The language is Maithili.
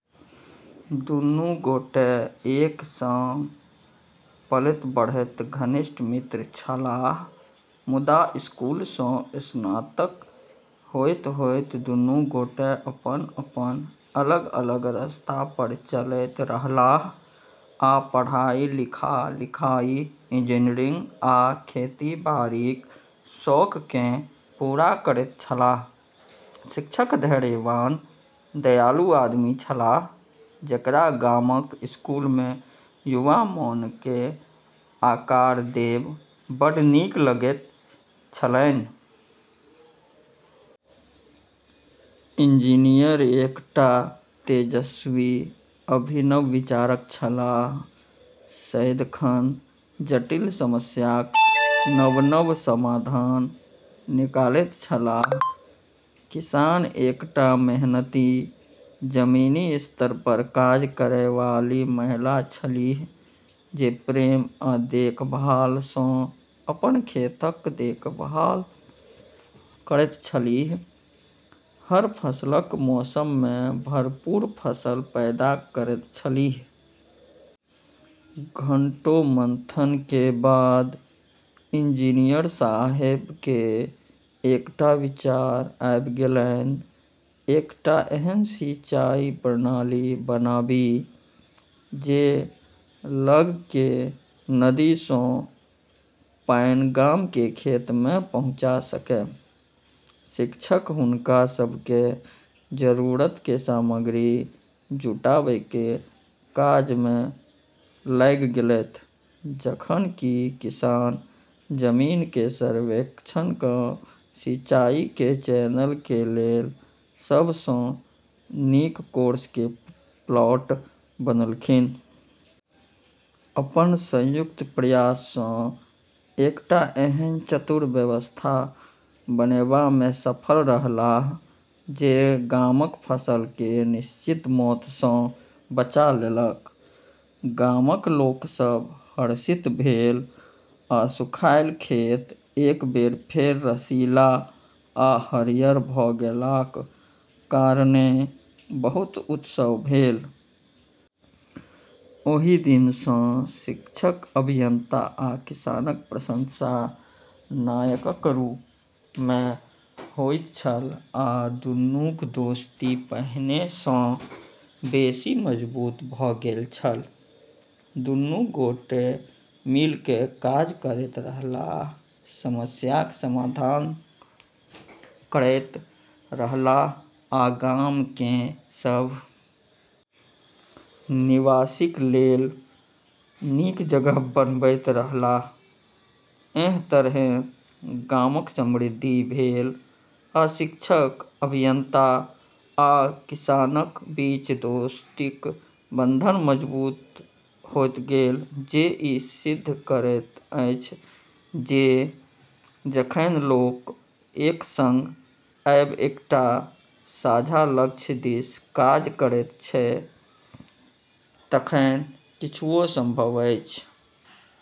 दुन्नू गोटे एक सङ्ग पलैत-बढ़ैत घनिष्ठ मित्र छलाह, मुदा स्कूलसँ स्नातक होइत-होइत दुन्नू गोटे अपन-अपन अलग-अलग रस्ता पर चलैत रहलाह आ पढ़ाइ -लिखाi -लिखाइ, इंजीनियरिंग, आ खेती-बाड़ीक शौककेँ पूरा करैत छलाह। शिक्षक धैर्यवान, दयालु आदमी छलाह, जेकरा गामक स्कूलमे युवा मोनकेँ आकार देब' बड्ड नीक लगैत छलनि। इंजीनियर एकटा तेजस्वी, अभिनव विचारक छलाह, सदिखन जटिल समस्याक नव-नव समाधान निकालैत छलाह। किसान एकटा मेहनती, जमीनी स्तर पर काज करय वाली महिला छलीह जे प्रेम आ देखभालसँ अपन खेतक देखभाल करैत छलीह, हर फसलक मौसममे भरपूर फसल पैदा करैत छलीह। घंटों मंथनके बाद इंजीनियर साहेबके एकटा विचार आबि गेलनि एकटा एहन सिंचाई प्रणाली बनाबी जे लगके नदीसँ पानि गामके खेतमे पहुँचा सकै। शिक्षक हुनका सबके जरूरतके सामग्री जुटाबैके काजमे लागि गेलैथ, जखन कि किसान जमीनके सर्वेक्षण क' सिंचाइके चैनलके लेल सबसँ नीक कोर्सके प्लॉट बनौलखिन। अपन संयुक्त प्रयाससँ एकटा एहन चतुर व्यवस्था बनेबामे सफल रहलाह जे गामक फसलके निश्चित मौतसँ बचा लेलक। गामक लोक सभ हर्षित भेल, आ सुखाइल खेत एक बेर फेर रसीला आ हरियर भ' गेलाक कारणेँ बहुत उत्सव भेल। ओहि दिनसँ शिक्षक, अभियंता, आ किसानक प्रशंसा नायकक रूपमे होइत छल, आ दुन्नूक दोस्ती पहिनेसँ बेशी मजबूत भ' गेल छल। दुनू गोटे मिलिके काज करैत रहलाह, समस्याक समाधान करैत रहलाह आ गामकेँ सभ निवासीक लेल नीक जगह बनबैत रहलाह एहि तरहेँ गामक समृद्धि भेल, आ शिक्षक, अभियंता, आ किसानक बीच दोस्तीक बंधन मजबूत होइत गेल, जे ई सिद्ध करैत अछि जे जखनि लोक एक सङ्ग आबि एकटा साझा लक्ष्य दिस काज करैत छै तखनि किछुओ संभव अछि।